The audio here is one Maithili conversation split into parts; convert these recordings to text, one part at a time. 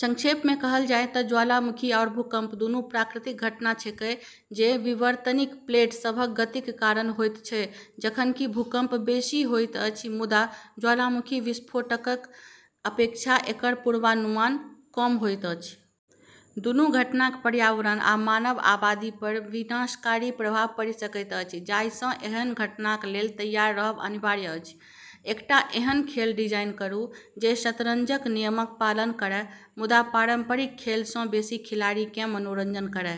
संक्षेपमे कहल जाय तऽ ज्वालामुखी आओर भूकंप दूनू प्राकृतिक घटना छेकै जे विवर्तनिक प्लेट सभक गतिक कारण होइत छै। जखन कि भूकंप बेसी होइत अछि मुदा ज्वालामुखी विस्फोटक अपेक्षा एकर पूर्वानुमान कम होइत अछि। दूनू घटनाक पर्यावरण आ मानव आबादीपर विनाशकारी प्रभाव पड़ि सकैत अछि जाहिसँ एहन घटनाक लेल तैयार रहब अनिवार्य अछि। एकटा एहन खेल डिजाइन करू जे शतरंजक नियमक पालन करए मुदा पारंपरिक खेलसँ बेसी खिलाड़ीकेँ मनोरंजन करए।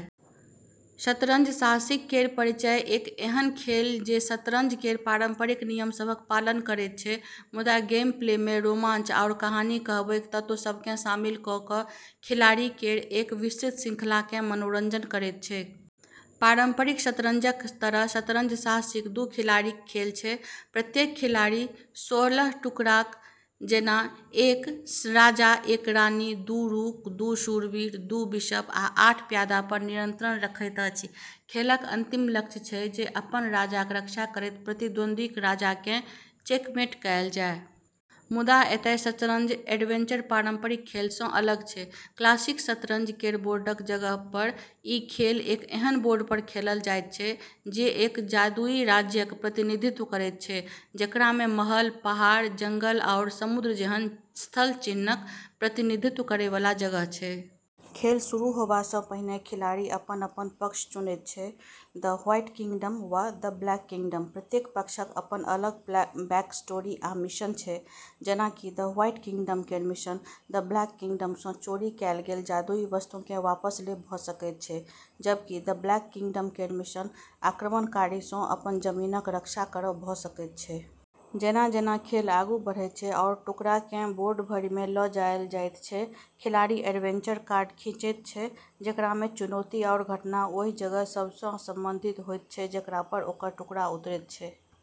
शतरंज साहसिक केर परिचय एक एहन खेल जे शतरंज केर पारंपरिक नियम सभक पालन करैत छै मुदा गेमप्लेमे रोमांच आओर कहानी कहबैक तत्व सभकेँ शामिल कऽ कऽ खिलाड़ी केर एक विस्तृत श्रृंखलाकेँ मनोरंजन करैत छै। पारंपरिक शतरंजक तरह शतरंज साहसिक दू खिलाड़ीक खेल छै। प्रत्येक खिलाड़ी सोह्र टुकड़ाक सेना एक राजा एक रानी दू रूक दू शूरवीर दू बिशप आ आठ प्यादा पर नियंत्रण रखैत अछि। खेलक अंतिम लक्ष्य छै जे अपन राजाक रक्षा करैत प्रतिद्वंदीक राजाकेँ चेकमेट कएल जाय। मुदा एतय शतरंज एडवेंचर पारंपरिक खेलसँ अलग छै। क्लासिक शतरंज केर बोर्डक जगहपर ई खेल एक एहन बोर्डपर खेलल जाइत छै जे एक जादुई राज्यक प्रतिनिधित्व करैत छै जेकरामे महल पहाड़ जंगल आओर समुद्र जेहन स्थलचिह्नक प्रतिनिधित्व करैवाला जगह छै। खेल शुरू होबासँ पहिने खिलाड़ी अपन अपन पक्ष चुनैत छै द व्हाइट किंगडम वा द ब्लैक किंगडम। प्रत्येक पक्षक अपन अलग बैकस्टोरी आ मिशन छै। जेना कि द व्हाइट किंगडम केर मिशन द ब्लैक किंगडमसँ चोरी कएल गेल जादुई वस्तुकेँ वापस लेब भऽ सकैत छै जबकि द ब्लैक किंगडम केर मिशन आक्रमणकारीसँ अपन जमीनक रक्षा करब भऽ सकैत छै। जेना जेना खेल आगू बढ़ैत छै आओर टुकड़ाकेँ बोर्ड भरिमे लऽ जायल जाइत छै खिलाड़ी एडवेंचर कार्ड खींचैत छै जेकरामे चुनौती आओर घटना ओहि जगह सभसँ संबंधित होइत छै जेकरापर ओकर टुकड़ा उतरैत छै।